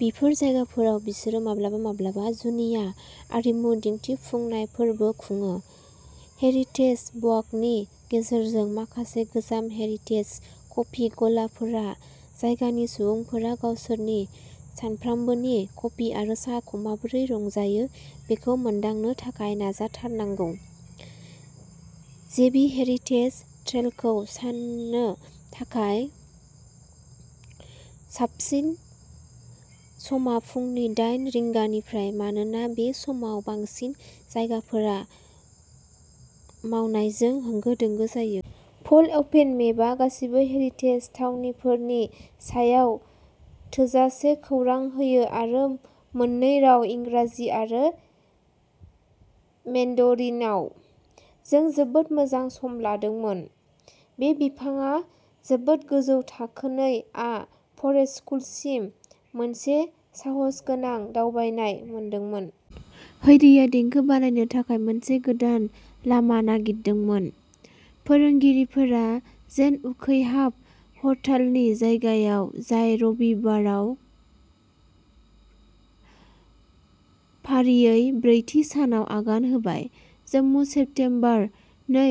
बेफोर जायगाफोराव बिसोरो माब्लाबा-माब्लाबा जुनिया आरिमु दिन्थिफुंनायफोरबो खुङो। हेरिटेज वाकनि गेजेरजों माखासे गोजाम हेरिटेज कफि गलाफोरा जायगानि सुबुंफोरा गावसोरनि सानफ्रोमबोनि कफि आरो साहाखौ माबोरै रंजायो बेखौ मोनदांनो थाखाय नाजाथारनांगौ। जेबि हेरिटेज ट्रेलखौ संनो थाखाय साबसिन समा फुंनि दाइन रिंगानिफ्राय मानोना बे समावनो बांसिन जायगाफोरा मावनायजों होंगो-दोंगो जायो। फोल्ड अपेन मेपआ गासैबो हेरिटेज थावनिफोरनि सायाव थोजासे खौरां होयो आरो मोननै राव इंराजि आरो मेन्डारिनआव। जों जोबोद मोजां सम लादोंमोन। बे बिफांआ जोबोद गोजौ थाखो नै आ फरेस्ट स्कुलसिम मोनसे साहसगोनां दावबायनाय मोनदोंमोन। हैरीआ देंखो बानायनो थाखाय मोनसे गोदान लामा नागिरदोंमोन। फोरोंगिरिफोरा चेन उखैहाब हरतालनि जायगायाव, जाय रबिबाराव फारियै ब्रैथि सानाव आगान होबाय। जम्मु सेप्तेम्बर नै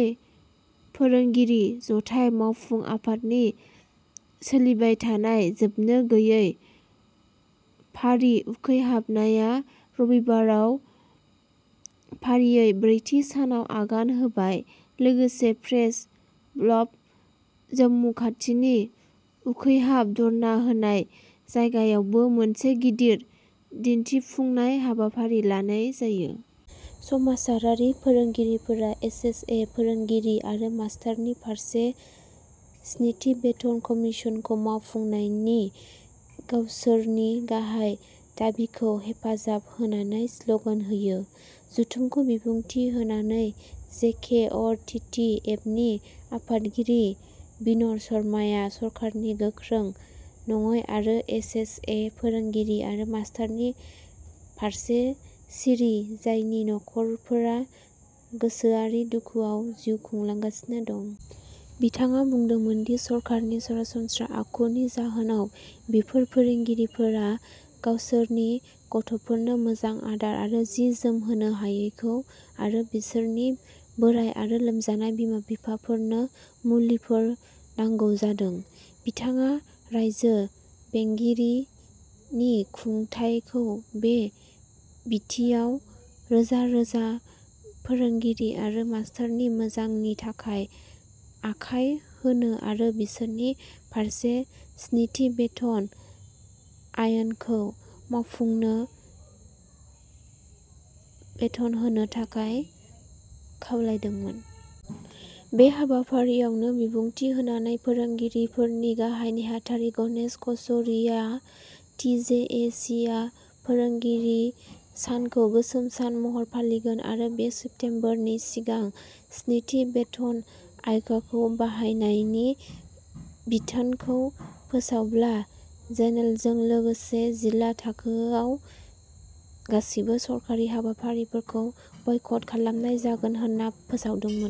फोरोंगिरि जथाय मावफुं आफादनि सोलिबाय थानाय जोबनो गोयै फारि उखैहाबनाया रबिबाराव फारियै ब्रैथि सानाव आगान होबाय लोगोसे प्रेस क्लाब जम्मु खाथिनि उखैहाब धर्ना होनाय जायगायावबो मोनसे गिदिर दिन्थिफुंनाय हाबाफारि लानाय जायो। सोमावसारारि फोरोंगिरिफोरा एस एस ए फोरोंगिरि आरो मास्तारनि फारसे स्निथि बेथन कमिसनखौ मावफुंनायनि गावसोरनि गाहाय दाबिखौ हेफाजाब होनानै स्लगान होयो। जथुमखौ बिबुंथि होनानै J K R T T एफनि आफादगिरि बिनद शर्माया सोरखारनि गोख्रों नङै आरो एस एस ए फोरोंगिरि आरो मास्तारनि फारसे सिरि जायनि नखरफोरा गोसोआरि दुखुआव जिउ खुंगासिनो दं। बिथाङा बुंदोंमोन दि सोरखारनि सरासनस्रा आखुनि जाहोनाव बेफोर फोरोंगिरिफोरा गावसोरनि गथ'फोरनो मोजां आदार आरो जि जोम होनो हायाखै आरो बिसोरनि बोराय आरो लोमजानाय बिमा-बिफाफोरनो मुलिफोर नांगौ जादों। बिथाङा रायजो बेंगिरिनि खुंथायखौ बे बिथिङाव रोजा-रोजा फोरोंगिरि आरो मास्तारनि मोजांनि थाखाय आखाय होनो आरो बिसोरनि फारसे स्निथि बेथन आय'गखौ मावफुंनो बेथन होनो थाखाय खावलायदोंमोन। बे हाबाफारियावनो बिबुंथि होनानै फोरोंगिरि फोरनि गाहाय नेहाथारि गनेश खजुरियाया टि जे ए सीआ फोरोंगिरि सानखौ गोसोम सान महरै फालांगोन आरो बा सेप्तेम्बरनि सिगां स्निथि बेथन आयगाखौ बाहायनायनि बिथोनखौ फोसावाब्ला ज'नेलजों लोगोसे जिल्ला थाखोआव गासैबो सोरखारि हाबाफारिफोरखौ बायकाट खालामनाय जागोन होनना फोसावदोंमोन।